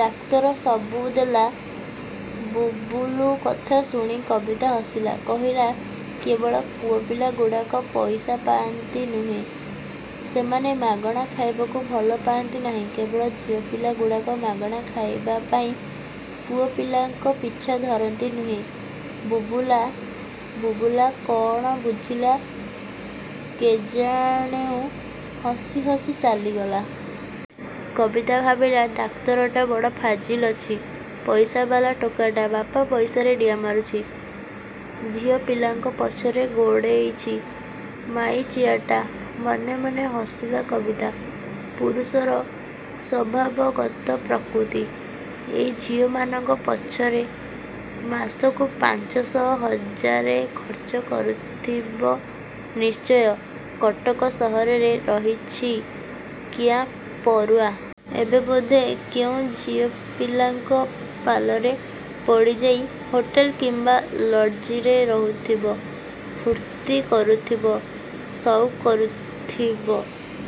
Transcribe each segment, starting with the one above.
ଡାକ୍ତର ସବୁ ଦେଲା। ବୁବୁଲୁ କଥା ଶୁଣି କବିତା ହସିଲା। କହିଲା, ''କେବଳ ପୁଅପିଲାଗୁଡ଼ାକ ପଇସା ପାଆନ୍ତି ନୁହେଁ, ସେମାନେ ମାଗଣା ଖାଇବାକୁ ଭଲ ପାଆନ୍ତି ନାହିଁ। କେବଳ ଝିଅପିଲାଗୁଡ଼ାକ ମାଗଣା ଖାଇବା ପାଇଁ ପୁଅପିଲାଙ୍କ ପିଛା ଧରନ୍ତି ନୁହେଁ? ବୁବୁଲୁ। ବୁବୁଲୁ କ'ଣ ବୁଝିଲା କେଜାଣିୁ ହସି ହସି ଚାଲିଗଲା। କବିତା ଭାବିଲା, ଡାକ୍ତରଟା ବଡ଼ ଫାଜିଲ ଅଛି। ପଇସାବାଲା ଟୋକାଟା। ବାପା ପଇସାରେ ଡିଆଁ ମାରୁଛି। ଝିଅପିଲାଙ୍କ ପଛରେ ଗୋଡ଼େଇଛି। ମାଇଚିଆଟା, ମନେ ମନେ ହସିଲା କବିତା। ପୁରୁଷର ସ୍ୱଭାବଗତ ପ୍ରକୃତି। ଏଇ ଝିଅମାନଙ୍କ ପଛରେ ମାସକୁ ପାଞ୍ଚଶହ, ହଜାରେ ଖର୍ଚ୍ଚ କରୁଥିବ ନିଶ୍ଚୟ। କଟକ ସହରରେ ରହିଛି, କିଆଁ ପରୁଆ। ଏବେ ବୋଧେ କେଉଁ ଝିଅପିଲାଙ୍କ ପାଲରେ ପଡ଼ିଯାଇ, ହୋଟେଲ କିମ୍ୱା ଲଜିଂରେ ରହୁଥିବ। ଫୁର୍ତ୍ତି କରୁଥିବ। ସଉକ୍ କରୁଥିବ।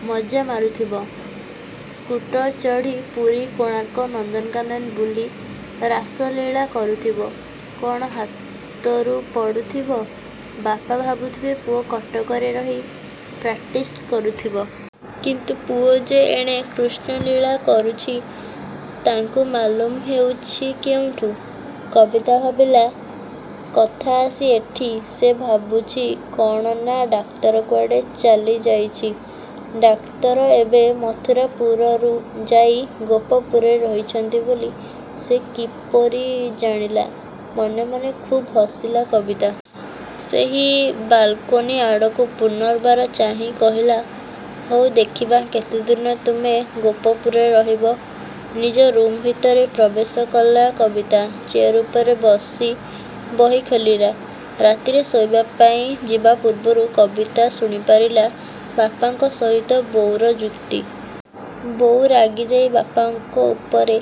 ମଜ୍ଜା ମାରୁଥିବ। ସ୍କୁଟର ଚଢ଼ି ପୁରୀ, କୋଣାର୍କ, ନନ୍ଦନକାନନ ବୁଲି ରାସଲୀଳା କରୁଥିବ। କ'ଣ ହାତରୁ ପଡ଼ୁଥିବ। ବାପା ଭାବୁଥିବେ ପୁଅ କଟକରେ ରହି ପ୍ରାକ୍ଟିସ୍ କରୁଥିବ। କିନ୍ତୁ ପୁଅ ଯେ ଏଣେ କୃଷ୍ଣଲୀଳା କରୁଛି, ତାଙ୍କୁ ମାଲୁମ୍ ହେଉଛି କେଉଁଠୁ। କବିତା ଭାବିଲା କଥା ଆସି ଏଠି, ସେ ଭାବୁଛି, କ'ଣ ନା ଡାକ୍ତର କୁଆଡ଼େ ଚାଲିଯାଇଛି। ଡାକ୍ତର ଏବେ ମଥୁରାପୁରରୁ ଯାଇ ଗୋପପୁରେ ରହିଛନ୍ତି ବୋଲି ସେ କିପରି ଜାଣିଲା। ମନେ ମନେ ଖୁବ୍ ହସିଲା କବିତା। ସେହି ବାଲକୋନି ଆଡ଼କୁ ପୁନର୍ବାର ଚାହିଁ କହିଲା, ''ହଉ ଦେଖିବା କେତେଦିନ ତୁମେ ଗୋପପୁରରେ ରହିବ। '' ନିଜ ରୁମ୍ ଭିତରେ ପ୍ରବେଶ କଲା କବିତା। ଚେୟାର ଉପରେ ବସି ବହି ଖୋଲିଲା। ରାତିରେ ଶୋଇବା ପାଇଁ ଯିବା ପୂର୍ବରୁ କବିତା ଶୁଣିପାରିଲା ବାପାଙ୍କ ସହିତ ବୋଉର ଯୁକ୍ତି। ବୋଉ ରାଗିଯାଇ ବାପାଙ୍କ ଉପରେ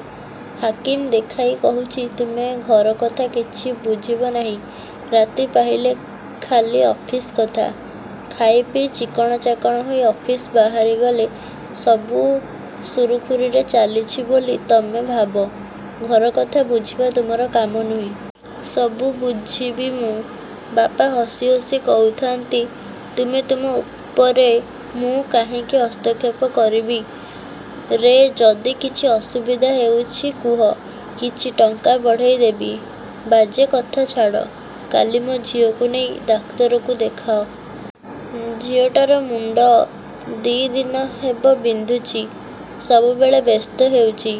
ହାକିମ୍ ଦେଖାଇ କହୁଛି ତୁମେ ଘରକଥା କିଛି ବୁଝିବ ନାହିଁ! ରାତି ପାହିଲେ ଖାଲି ଅଫିସ କଥା। ଖାଇପିଇ ଚିକ୍କଣ ଚାକ୍କଣ ହୋଇ ଅଫିସ ବାହାରି ଗଲେ, ସବୁ ସୁରୁଖୁରୁରେ ଚାଲିଛି ବୋଲି ତମେ ଭାବ। ଘରକଥା ବୁଝିବା ତୁମର କାମ ନୁହେଁ। ସବୁ ବୁଝିବି ମୁଁ। ବାପା ହସି ହସି କହୁଥାନ୍ତି ତୁମେ ତୁମ ଉପରେ ମୁଁ କାହିଁକି ହସ୍ତକ୍ଷେପ କରିବି। ରେ ଯଦି କିଛି ଅସୁବିଧା ହେଉଛି କୁହ। କିଛି ଟଙ୍କା ବଢ଼ାଇ ଦେବି। ବାଜେ କଥା ଛାଡ଼। କାଲି ମୋ ଝିଅକୁ ନେଇ ଡାକ୍ତରକୁ ଦେଖାଅ। ଝିଅଟାର ମୁଣ୍ଡ ଦି' ଦିନ ହେବ ବିନ୍ଧୁଛି। ସବୁବେଳେ ବ୍ୟସ୍ତ ହେଉଛି।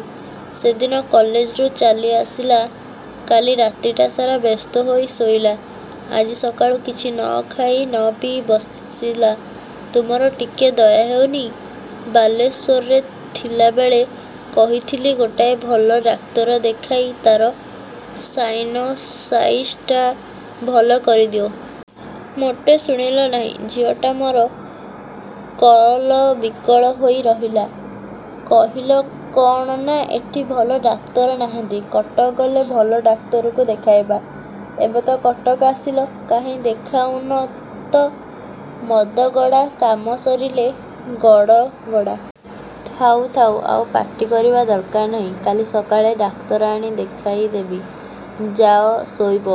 ସେଦିନ କଲେଜରୁ ଚାଲିଆସିଲା। କାଲି ରାତିଟା ସାରା ବ୍ୟସ୍ତହୋଇ ଶୋଇଲା। ଆଜି ସକାଳୁ କିଛି ନ ଖାଇ ନ ପିଇ ବସିଲା। ତୁମର ଟିକେ ଦୟା ହେଉନି। ବାଲେଶ୍ୱରରେ ଥିଲାବେଳେ କହିଥିଲି ଗୋଟାଏ ଭଲ ଡାକ୍ତର ଦେଖାଇ ତା'ର ସାଇନୋସାଇଟ୍ସଟା ଭଲ କରିଦିଅ। ମୋଟେ ଶୁଣିଲ ନାହିଁ। ଝିଅଟା ମୋର କଅଲ ବିକଳ ହୋଇ ରହିଲା। କହିଲ କ'ଣ ନା ଏଠି ଭଲ ଡାକ୍ତର ନାହାନ୍ତି। କଟକ ଗଲେ ଭଲ ଡାକ୍ତରକୁ ଦେଖାଇବା। ଏବେ ତ କଟକ ଆସିଲ, କାହିଁ ଦେଖାଉନାଁ ତ। ''ମଦଗଡ଼ା, କାମ ସରିଲେ ଗଡ଼ ଗଡ଼ା। '' ଥାଉ ଥାଉ ଆଉ ପାଟି କରିବା ଦରକାର ନାହିଁ। କାଲି ସକାଳେ ଡାକ୍ତର ଆଣି ଦେଖାଇଦେବି। ଯାଅ ଶୋଇବ।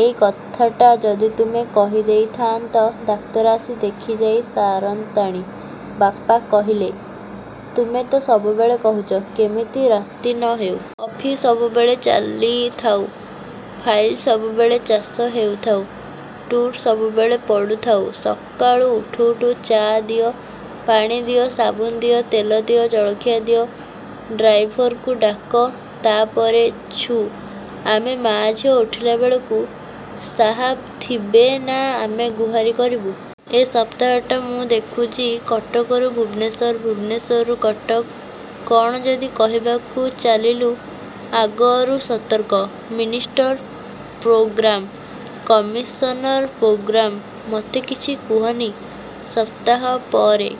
ଏଇ କଥାଟା ଯଦି ତୁମେ କହି ଦେଇ ଥାଆନ୍ତ, ଡାକ୍ତର ଆସି ଦେଖିଯାଇ ସାରନ୍ତାଣି, ବାପା କହିଲେ। ତୁମେ ତ ସବୁବେଳେ କହୁଛ କେମିତି ରାତି ନ ହେଉ। ଅଫିସ୍ ସବୁବେଳେ ଚାଲିଥାଉ। ଫାଇଲ୍ ସବୁବେଳେ ଚାଷ ହେଉଥାଉ। ଟୁର୍ ସବୁବେଳେ ପଡ଼ୁଥାଉ। ସକାଳୁ ଉଠୁ ଉଠୁ ଚା' ଦିଅ, ପାଣି ଦିଅ, ସାବୁନ ଦିଅ, ତେଲ ଦିଅ, ଜଳଖିଆ ଦିଅ, ଡ୍ରାଇଭର୍କୁ ଡାକ, ତା' ପରେ ଛୁ। ଆମେ ମା' ଝିଅ ଉଠିଲାବେଳକୁ ସାହାବ ଥିବେ ନା ଆମେ ଗୁହାରି କରିବୁ? ଏ ସପ୍ତାହଟା ମୁଁ ଦେଖୁଛି, କଟକରୁ ଭୁବନେଶ୍ୱର, ଭୁବନେଶ୍ୱରରୁ କଟକ, କ'ଣ ଯଦି କହିବାକୁ ଚାଲିଲୁ, ଆଗରୁ ସତର୍କ। Minister programme. Commissioner programme. ମୋତେ କିଛି କୁହନି। ସପ୍ତାହ ପରେ।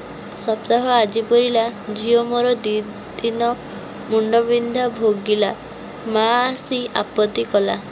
ସପ୍ତାହ ଆଜି ପୂରିଲା। ଝିଅ ମୋର। ଦି'ଦିନ ମୁଣ୍ଡବିନ୍ଧା ଭୋଗିଲା। ମା' ଆସି ଆପତ୍ତି କଲା।